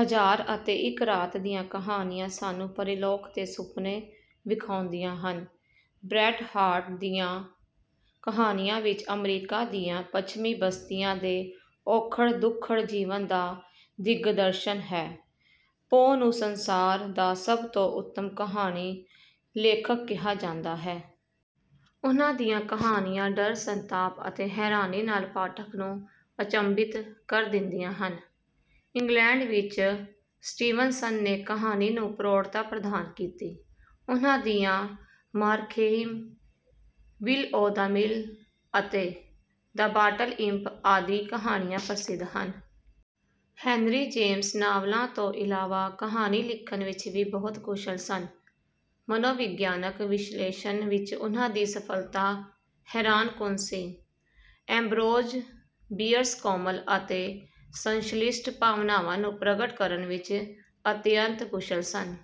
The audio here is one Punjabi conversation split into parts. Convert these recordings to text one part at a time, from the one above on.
ਹਜ਼ਾਰ ਅਤੇ ਇੱਕ ਰਾਤ ਦੀਆਂ ਕਹਾਣੀਆਂ ਸਾਨੂੰ ਪਰੀਲੋਕ ਦੇ ਸੁਪਨੇ ਵਿਖਾਉਂਦੀਆਂ ਹਨ। ਬ੍ਰੈਟ ਹਾਰਟ ਦੀਆਂ ਕਹਾਣੀਆਂ ਵਿੱਚ ਅਮਰੀਕਾ ਦੀਆਂ ਪੱਛਮੀ ਬਸਤੀਆਂ ਦੇ ਔਖੜ-ਦੁਖੜ ਜੀਵਨ ਦਾ ਦਿਗਦਰਸ਼ਨ ਹੈ। ਪੋ ਨੂੰ ਸੰਸਾਰ ਦਾ ਸਭ ਤੋਂ ਉੱਤਮ ਕਹਾਣੀ ਲੇਖਕ ਕਿਹਾ ਜਾਂਦਾ ਹੈ। ਉਨ੍ਹਾਂ ਦੀਆਂ ਕਹਾਣੀਆਂ ਡਰ, ਸੰਤਾਪ ਅਤੇ ਹੈਰਾਨੀ ਨਾਲ ਪਾਠਕ ਨੂੰ ਅਚੰਭਿਤ ਕਰ ਦਿੰਦੀਆਂ ਹਨ। ਇੰਗਲੈਂਡ ਵਿੱਚ ਸਟੀਵਨਸਨ ਨੇ ਕਹਾਣੀ ਨੂੰ ਪ੍ਰੌੜਤਾ ਪ੍ਰਦਾਨ ਕੀਤੀ। ਉਨ੍ਹਾਂ ਦੀਆਂ ਮਾਰਖੇਇਮ, ਵਿਲ ਓ ਦ ਮਿਲ ਅਤੇ ਦ ਬਾਟਲ ਇੰਪ ਆਦਿ ਕਹਾਣੀਆਂ ਪ੍ਰਸਿੱਧ ਹਨ। ਹੈਨਰੀ ਜੇਮਸ ਨਾਵਲਾਂ ਤੋਂ ਇਲਾਵਾ ਕਹਾਣੀ ਲਿਖਣ ਵਿੱਚ ਵੀ ਬਹੁਤ ਕੁਸ਼ਲ ਸਨ। ਮਨੋਵਿਗਿਆਨਕ ਵਿਸ਼ਲੇਸ਼ਣ ਵਿੱਚ ਉਨ੍ਹਾਂ ਦੀ ਸਫਲਤਾ ਹੈਰਾਨਕੁਨ ਸੀ। ਐਂਬਰੋਜ਼ ਬੀਅਰਸ ਕੋਮਲ ਅਤੇ ਸੰਸ਼ਲਿਸ਼ਟ ਭਾਵਨਾਵਾਂ ਨੂੰ ਪ੍ਰਗਟ ਕਰਨ ਵਿੱਚ ਅਤਿਅੰਤ ਕੁਸ਼ਲ ਸਨ।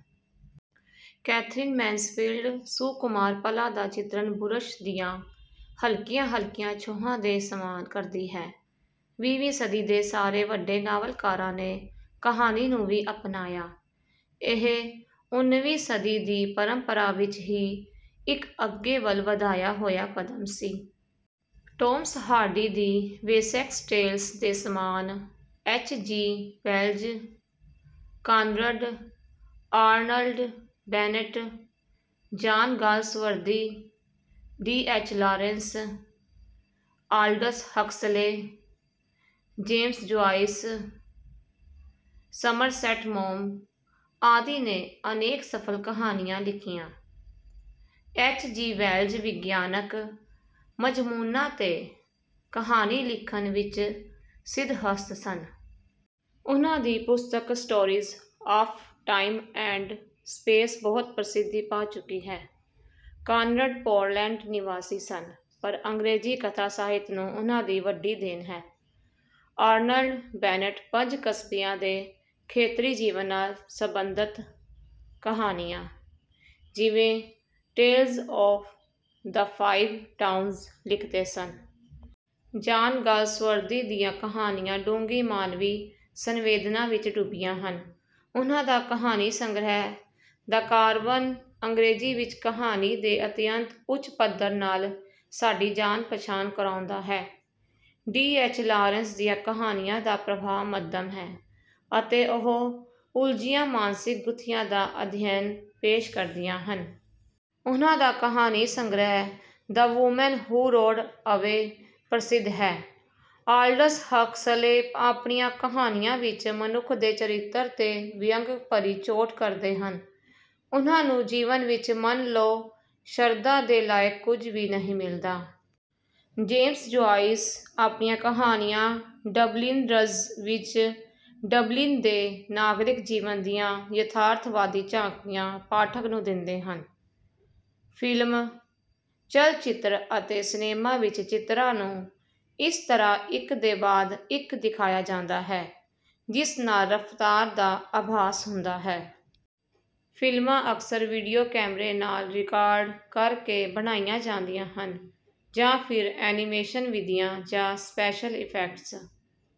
ਕੈਥਰੀਨ ਮੈਨਸਫੀਲਡ ਸੁਕੁਮਾਰ ਪਲਾਂ ਦਾ ਚਿਤਰਨ ਬੁਰਸ਼ ਦੀਆਂ ਹਲਕੀਆਂ-ਹਲਕੀਆਂ ਛੋਹਾਂ ਦੇ ਸਮਾਨ ਕਰਦੀ ਹੈ। ਵੀਹਵੀਂ ਸਦੀ ਦੇ ਸਾਰੇ ਵੱਡੇ ਨਾਵਲਕਾਰਾਂ ਨੇ ਕਹਾਣੀ ਨੂੰ ਵੀ ਅਪਣਾਇਆ। ਇਹ ਉਨੀਵੀਂ ਸਦੀ ਦੀ ਪਰੰਪਰਾ ਵਿੱਚ ਹੀ ਇੱਕ ਅੱਗੇ ਵੱਲ ਵਧਾਇਆ ਹੋਇਆ ਕਦਮ ਸੀ। ਟਾਮਸ ਹਾਰਡੀ ਦੀ ਵੇਸੈਕਸ ਟੇਲਸ ਦੇ ਸਮਾਨ H. G. Wells, Conrad, Arnold Bennett, John Galsworthy, D. H. Lawrence, Aldous Huxley, James Joyce, Somerset Maugham ਆਦਿ ਨੇ ਅਨੇਕ ਸਫਲ ਕਹਾਣੀਆਂ ਲਿਖੀਆਂ। ਐਚ. ਜੀ. ਵੈਲਜ਼ ਵਿਗਿਆਨਕ ਮਜ਼ਮੂਨਾਂ 'ਤੇ ਕਹਾਣੀ ਲਿਖਣ ਵਿੱਚ ਸਿਧਹਸਤ ਸਨ। ਉਨ੍ਹਾਂ ਦੀ ਪੁਸਤਕ stories of time and space ਬਹੁਤ ਪ੍ਰਸਿੱਧੀ ਪਾ ਚੁੱਕੀ ਹੈ। ਕਾਨਰਡ ਪੋਲੈਂਡ ਨਿਵਾਸੀ ਸਨ, ਪਰ ਅੰਗਰੇਜ਼ੀ ਕਥਾ ਸਾਹਿਤ ਨੂੰ ਉਨ੍ਹਾਂ ਦੀ ਵੱਡੀ ਦੇਣ ਹੈ। ਆਰਨਲਡ ਬੈਨੇਟ ਪੰਜ ਕਸਬਿਆਂ ਦੇ ਖੇਤਰੀ ਜੀਵਨ ਨਾਲ ਸਬੰਧਤ ਕਹਾਣੀਆਂ, ਜਿਵੇਂ tales of the five towns ਲਿਖਦੇ ਸਨ। ਜਾਨ ਗਾਲਸਵਰਦੀ ਦੀਆਂ ਕਹਾਣੀਆਂ ਡੂੰਘੀ ਮਾਨਵੀ ਸੰਵੇਦਨਾ ਵਿੱਚ ਡੁੱਬੀਆਂ ਹਨ। ਉਨ੍ਹਾਂ ਦਾ ਕਹਾਣੀ ਸੰਗ੍ਰਹਿ ਦ ਕਾਰਵਨ ਅੰਗਰੇਜ਼ੀ ਵਿੱਚ ਕਹਾਣੀ ਦੇ ਅਤਿਅੰਤ ਉੱਚ ਪੱਧਰ ਨਾਲ ਸਾਡੀ ਜਾਣ-ਪਛਾਣ ਕਰਾਉਂਦਾ ਹੈ। ਡੀ. ਐਚ. ਲਾਰੇਂਸ ਦੀਆਂ ਕਹਾਣੀਆਂ ਦਾ ਪ੍ਰਵਾਹ ਮੱਧਮ ਹੈ ਅਤੇ ਉਹ ਉਲਝੀਆਂ ਮਾਨਸਿਕ ਗੁੱਥੀਆਂ ਦਾ ਅਧਿਐਨ ਪੇਸ਼ ਕਰਦੀਆਂ ਹਨ। ਉਨ੍ਹਾਂ ਦਾ ਕਹਾਣੀ ਸੰਗ੍ਰਹਿ ਦ ਵੂਮਨ ਹੂ ਰੋਡ ਅਵੇ ਪ੍ਰਸਿੱਧ ਹੈ। ਆਲਡਸ ਹਕਸਲੇ ਆਪਣੀਆਂ ਕਹਾਣੀਆਂ ਵਿੱਚ ਮਨੁੱਖ ਦੇ ਚਰਿੱਤਰ 'ਤੇ ਵਿਅੰਗ ਭਰੀ ਚੋਟ ਕਰਦੇ ਹਨ। ਉਨ੍ਹਾਂ ਨੂੰ ਜੀਵਨ ਵਿੱਚ ਮੰਨ ਲਓ ਸ਼ਰਧਾ ਦੇ ਲਾਇਕ ਕੁਝ ਵੀ ਨਹੀਂ ਮਿਲਦਾ। ਜੇਮਸ ਜੁਆਇਸ ਆਪਣੀਆਂ ਕਹਾਣੀਆਂ ਡਬਲਿਨਰਜ਼ ਵਿੱਚ ਡਬਲਿਨ ਦੇ ਨਾਗਰਿਕ ਜੀਵਨ ਦੀਆਂ ਯਥਾਰਥਵਾਦੀ ਝਾਕੀਆਂ ਪਾਠਕ ਨੂੰ ਦਿੰਦੇ ਹਨ। ਫ਼ਿਲਮ, ਚਲਚਿੱਤਰ ਅਤੇ ਸਿਨੇਮਾ ਵਿੱਚ ਚਿੱਤਰਾਂ ਨੂੰ ਇਸ ਤਰ੍ਹਾਂ ਇੱਕ ਦੇ ਬਾਅਦ ਇੱਕ ਦਿਖਾਇਆ ਜਾਂਦਾ ਹੈ ਜਿਸ ਨਾਲ ਰਫ਼ਤਾਰ ਦਾ ਆਭਾਸ ਹੁੰਦਾ ਹੈ। ਫਿਲਮਾਂ ਅਕਸਰ ਵੀਡੀਓ ਕੈਮਰੇ ਨਾਲ ਰਿਕਾਰਡ ਕਰਕੇ ਬਣਾਈਆਂ ਜਾਂਦੀਆਂ ਹਨ, ਜਾਂ ਫਿਰ ਐਨੀਮੇਸ਼ਨ ਵਿਧੀਆਂ ਜਾਂ ਸਪੈਸ਼ਲ ਇਫੈਕਟਸ